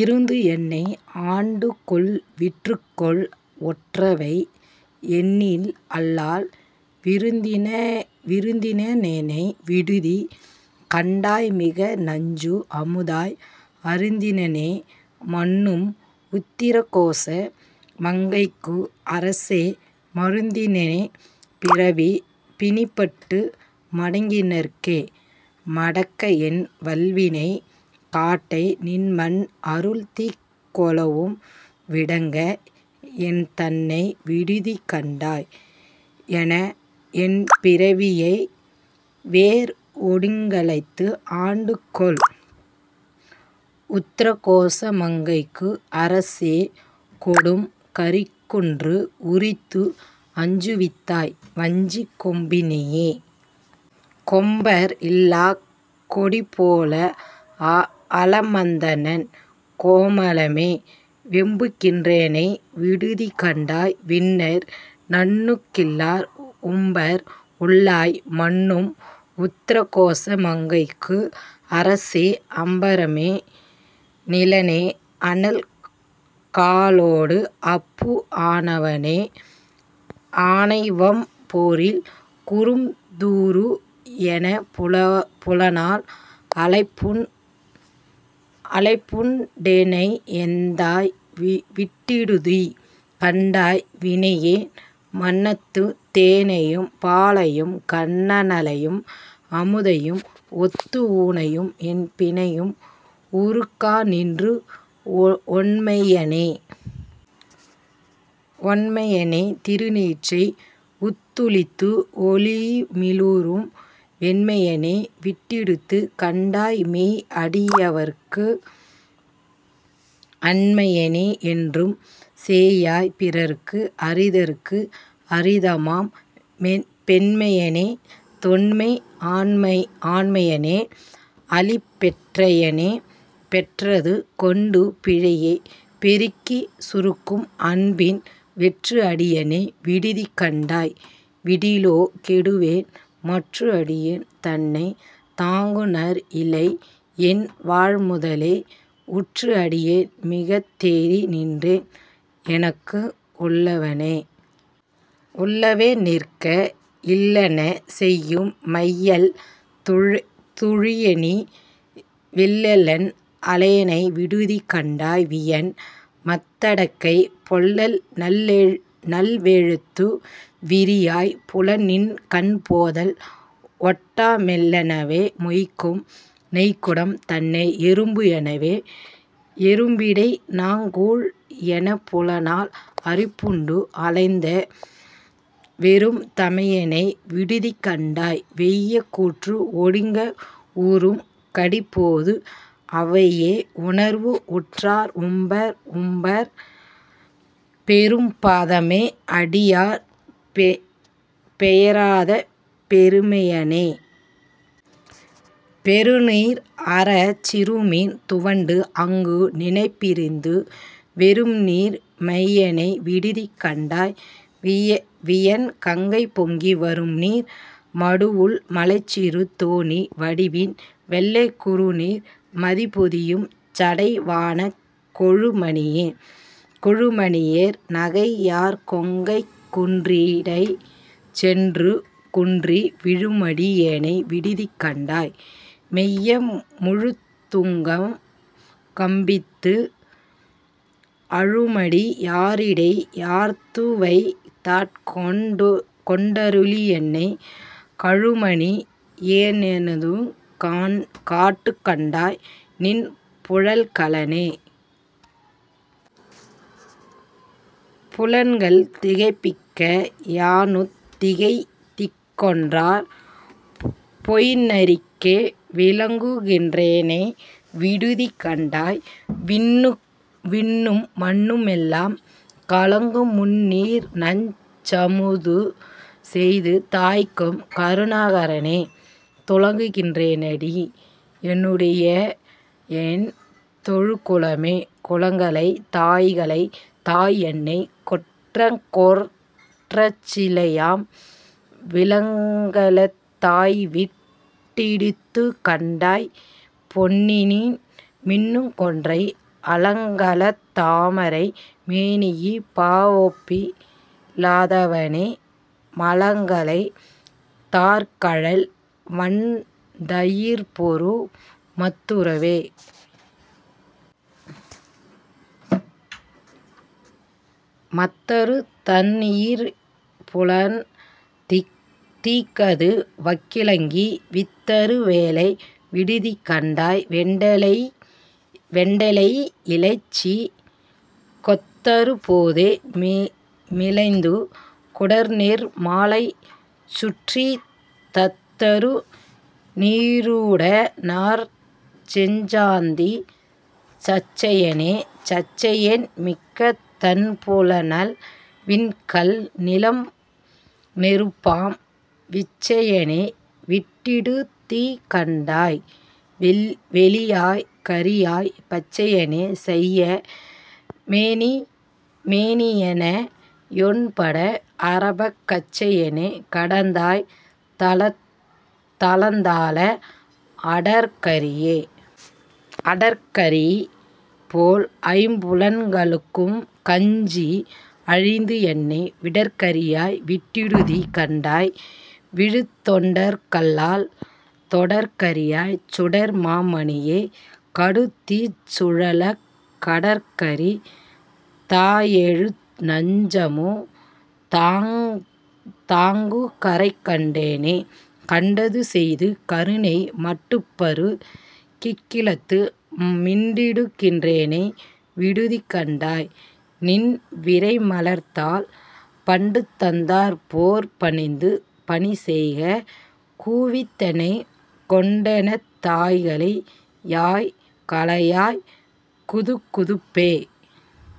இருந்து என்னை ஆண்டுகொள் விற்றுக்கொள் ஒற்றிவை என்னின் அல்லால் விருந்தினனேனை விடுதி கண்டாய் மிக்க நஞ்சு அமுதாய் அருந்தினனே மன்னும் உத்திரகோச மங்கைக்கு அரசே மருந்தினனே பிறவிப் பிணிப்பட்டு மடங்கினர்க்கே. மடங்கஎன் வல்வினைக் காட்டை நின்மன் அருள் தீக் கொளுவும் விடங்க என்தன்னை விடுதிகண்டாய் என் பிறவியை வேர் ஒடுங்களைந்து ஆண்டுகொள் உத்தரகோச மங்கைக்கு அரசே கொடும் கரிக்குன்று உரித்து அஞ்சுவித்தாய் வஞ்சிக் கொம்பினையே. கொம்பர் இல்லாக் கொடிபோல அலமந்தனன் கோமளமே வெம்புகின்றேனை விடுதிகண்டாய் விண்ணர் நண்ணுகில்லா உம்பர் உள்ளாய் மன்னும் உத்தரகோச மங்கைக்கு அரசே அம்பரமே நிலனே அனல் காலொடு அப்பு ஆனவனே. ஆனைவெம் போரில் குறும் தூறு எனப்புலனால் அலைப்புண் டேனை எந்தாய் விட்டிடுதி கண்டாய் வினையேன் மனத்துத் தேனையும் பாலையும் கன்னலையும் அமுத்தையும் ஒத்து ஊனையும் என்பினையும் உருக்காநின்ற ஒண்மையனே. ஒண்மையனே திருநீற்றை உத்தூளித்து ஒளி மிளிரும் வெண்மையனே விட்டிடுதி கண்டாய் மெய் அடியவர்கட்கு அண்மையனே என்றும் சேயாய் பிறர்க்கு அறிதற்கு அரிதாம் பெண்மையனே தொன்மை ஆண்மையனே அலிப் பெற்றியனே. பெற்றது கொண்டு பிழையே பெருக்கிச் சுருக்கும் அன்பின் வெற்று அடியேனை விடுதி கண்டாய் விடிலோ கெடுவேன் மற்று அடியேன் தன்னைத் தாங்குநர் இல்லை என்வாழ்முதலே உற்று அடியேன் மிகத் தேறி நின்றேன் எனக்கு உள்ளவனே. உள்ளவே நிற்க இல்லன செய்யும் மையல் துழனி வெள்ளன் அலேனை விடுதி கண்டாய் வியன் மாத்தடக்கைப் பொள்ளல் நல் வேழத்து விரியாய் புலன் நின் கண் போதல் ஒட்டா மெள்ளனவே மொய்க்கும் நெய்க்குடம் தன்னை எறும்பு எனவே. எறும்பிடை நாங்கூழ் எனப்புலனால் அரிப்புண்டு அலந்த வெறும் தமியேனை விடுதி கண்டாய் வெய்ய கூற்று ஒடுங்க உறும் கடிப்போது அவையே உணர்வு உற்றவர் உம்பர் உம்பர் பெறும் பதமே அடியார் பெயராத பெருமையனே. பெருநீர் அறச் சிறுமீன் துவண்டு ஆங்கு நினைப் பிரிந்த வெருநீர் மையேனை விடுதி கண்டாய் வியன் கங்கை பொங்கி வரும்நீர் மடுவுள் மலைச்சிறு தோணி வடிவின் வெள்ளைக் குருநீர் மதிபொதியும் சடை வானக் கொழு மணியே. கொழுமணியேர் நகை யார்கொங்கைக் குன்றிடைச் சென்றுகுன்றி விழுமடி யேனை விடுதிகண்டாய் மெய்ம் முழுதுங்கம்பித்து அழுமடி யாரிடை யார்த்துவைத் தாட்கொண் டருளியென்னைக் கழுமணி யேயினனுங் காட்டுகண்டாய் நின் புலன்கழலே. புலன்கள் திகைப்பிக்க யானுந் திகைத்திங்கொர் பொய்ந்நெறிக்கே விலங்குகின் றேனை விடுதிகண்டாய் விண்ணும் மண்ணுமெல்லாய் கலங்குமுந் நீர்நஞ் சமுதுசெய் தாய்க்கு கருணாகரனே துலங்குகின்றேனடி யேனுடையாயென் தொழுகுலமே. குலங்களைந் தாய்களைந் தாய்என்னைக் குற்றங்கொற் றச்சிலையாம் விலங்கலெந் தாய்விட் டிடுதிகண்டாய்பொன்னின் மின்னுகொன்றை அலங்கலந் தாமரை மேனியிப் பாவொப்பி லாதவனே மலங்களைத் தாற்கழல் வன்தயிரிற்பொரு மத்துறவே. மத்தறு தண்தயி ரிற்புலன் தீக்கது வக்கலங்கி வித்தறு வேனை விடுதிகண்டாய் வெண்டலையிலைச்சிக் கொத்தறு போது மிலைந்து குடர்நெடு மாலைசுற்றித் தத்தறு நீறுட னாரச் செஞ்சாந்தணி சச்சையனே. சச்சையனே மிக்க தண்புனல் விண்கால் நிலம்நெருப்பாம் விச்சையனே விட்டிடுதிகண்டாய் வெளியாய் கரியாய் பச்சையனே செய்ய மேனியனெ யொண்பட அரவக் கச்சையனே கடந்தாய்தடந்தாள அடற்கரியே. அடற்கரி போல்ஐம்புலன்களுக்கஞ்சி அழிந்த என்னை விடற்கரியாய் விட்டிடுதி கண்டாய் விழுத்தொண்டர்கல்லால் தொடற்கரியாய் சுடர் மாமணியே கடு தீச்சுழலக் கடற்கரி தாயெழு நஞ்சமு தாக்குங் கறைக்கண்டனே. கண்டது செய்து கருணைமட்டுப்பரு கிக்களித்து மிண்டுகின்றேனை விடுதிகண்டாய் நின் விரைமலர்த்தாள் பண்டுதந்தாற்போற் பணித்துப் பணிசெயக் கூவித்தென்னைக் கொண்டெனெந் தாய்களை யாய் களையாய குதுகுதுப்பே.